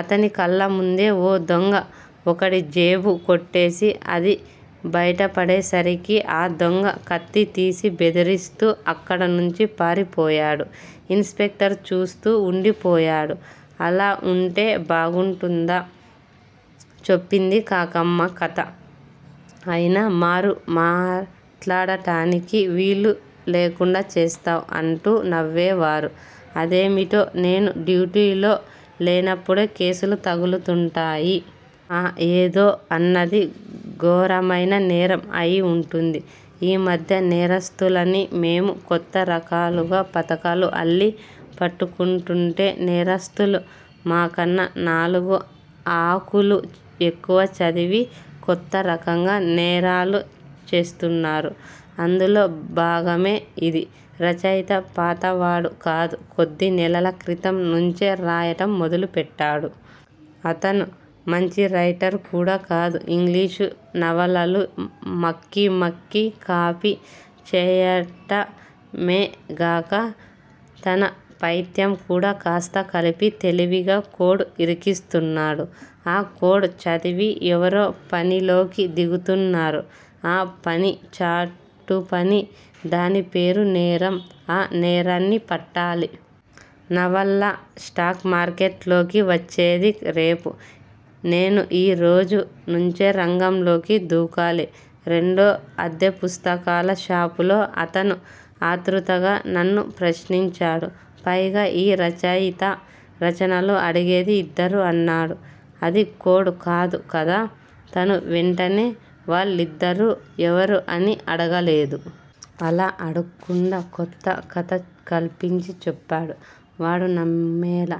అతని కళ్ళముందే ఓ దొంగ ఒకడి జేబు కొట్టేసి అది బైటపడేసరికి ఆ దొంగ కత్తితీసి బెదిరిస్తూ అక్కడనుంచి పారిపోయాడు. ఇన్ స్పెక్టర్ చూస్తూ వుండిపోయాడు. అలా వుంటే బాగుంటుందా? చెప్పింది కాకమ్మ కధ అయినా మారు మాట్లాడటానికి వీలులేకుండా చేస్తావ్. అంటూ నవ్వేవారు. అదేమిటో నేను డ్యూటీలో లేనప్పుడే కేసులు తగులుతుంటాయి. ఆ ఏదో అన్నది ఘోరమైన నేరం అయి వుంటుంది. ఈ మధ్య నేరస్తులని మేము కొత్త రకాలుగా పధకాలు అల్లి పట్టుకుంటుంటే నేరస్తులు మాకన్నా నాలుగు ఆకులు ఎక్కువ చదివి కొత్త రకంగా నేరాలు చేస్తున్నారు. అందులో భాగమే యిది. రచయిత పాతవాడు కాదు. కొద్ది నెలల క్రితం నుంచే రాయటం మొదలుపెట్టాడు. అతను మంచి రైటర్ కూడా కాదు. ఇంగ్లీషు నవలలు మక్కీ మక్కీ కాపీ చేయటమేగాక తన పైత్యం కూడా కాస్త కలిపి తెలివిగా కోడ్ ఇరికిస్తున్నాడు. ఆ కోడ్ చదివి ఎవరో పనిలోకి దిగుతున్నారు. ఆ పని చాటుపని దానిపేరు నేరం. ఆ నేరాన్ని పట్టాలి. నవల స్టాక్ మార్కెట్ లోకి వచ్చేది రేపు. నేను ఈరోజు నుంచే రంగంలోకి దూకాలి. రెండో అద్దె పుస్తకాల షాపులో అతను ఆత్రుతగా నన్ను ప్రశ్నించాడు. పైగా యీ రచయిత రచనలు అడిగేది ఇద్దరు అన్నాడు. అది కోడ్ కాదు కదా! తను వెంటనే వాళ్ళిద్దరూ ఎవరు అని అడగలేదు. అలా అడక్కుండా కొత్త కధ కల్పించి చెప్పాడు. వాడు నమ్మేలా.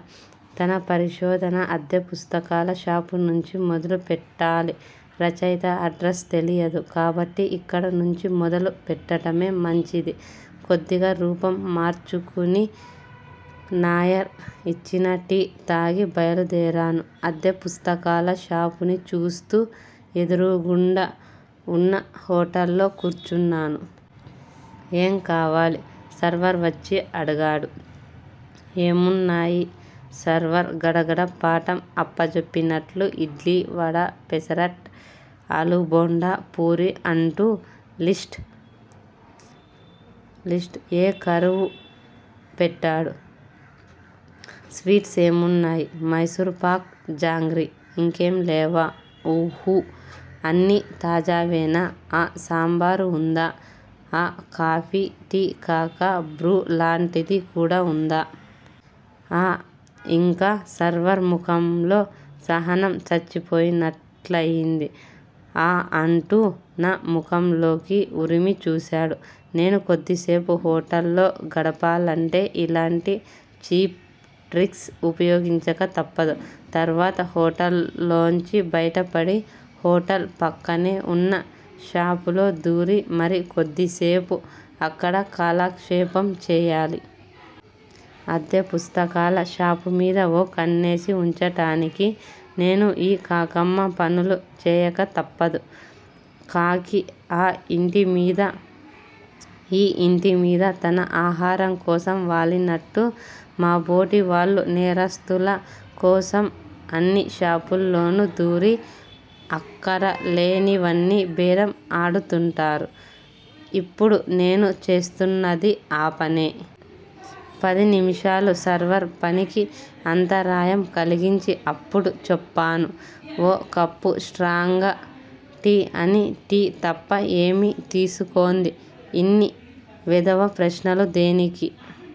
తన పరిశోధన అద్దె పుస్తకాల షాపునుంచి మొదలుపెట్టాలి. రచయిత అడ్రస్ తెలియదు కాబట్టి ఇక్కడ నుంచి మొదలు పెట్టటమే మంచిది. కొద్దిగా రూపం మార్చుకుని నాయర్ ఇచ్చిన టీ తాగి బయలుదేరాను. అద్దె పుస్తకాల షాపుని చూస్తూ ఎదురుగుండా వున్న హోటల్లో కూర్చున్నాను. ఏం కావాలి! సర్వర్ వచ్చి అడిగాడు. ఏమున్నాయి! సర్వర్ గడగడ పాఠం అప్పజెప్పినట్లు ఇడ్లి వడ పెసరట్ ఆలూబోండా పూరి అంటూ లిష్ట్ ఏకరువు పెట్టాడు. స్వీట్స్ ఏమున్నాయి! మైసూర్ పాక్ జాంగ్రీ! ఇంకేం లేవా? ఉహు! అన్నీ తాజావేనా! ఆ సాంబారు వుందా? ఆ కాఫీ టీ కాక బ్రూ లాంటిది కూడా వుందా? ఆ ఇంక సర్వర్ ముఖంలో సహనం చచ్చిపోయినట్లుంది. ఆ అంటూ నా ముఖంలోకి ఉరిమి చూశాడు. నేను కొద్దిసేపు హోటల్లో గడపాలంటే ఇలాంటి చీప్ ట్రిక్స్ ఉపయోగించక తప్పదు. తర్వాత హోటల్లోంచి బయటపడి హోటల్ పక్కనే వున్న షాపులో దూరి మరి కొద్దిసేపు అక్కడ కాలక్షేపం చేయాలి. అద్దె పుస్తకాల షాపుమీద ఓ కన్నేసి వుంచటానికి నేను యీ కాకమ్మ పనులు చేయక తప్పదు. కాకి ఆ ఇంటి మీద యీ ఇంటిమీద తన ఆహారం కోసం వాలినట్లు మాబోటి వాళ్ళు నేరస్తుల కోసం అన్ని షాపుల్లోను దూరి అక్కరలేనివన్నీ బేరం ఆడుతుంటారు. ఇప్పుడు నేను చేస్తున్నది ఆపనే. పది నిమిషాలు సర్వర్ పనికి అంతరాయం కలిగించి అప్పుడు చెప్పాను. ఓ కప్పు స్ట్రాంగ్ టీ అని టీ తప్ప ఏమీ తీసుకోంది ఇన్ని వెధవ ప్రశ్నలు దేనికి!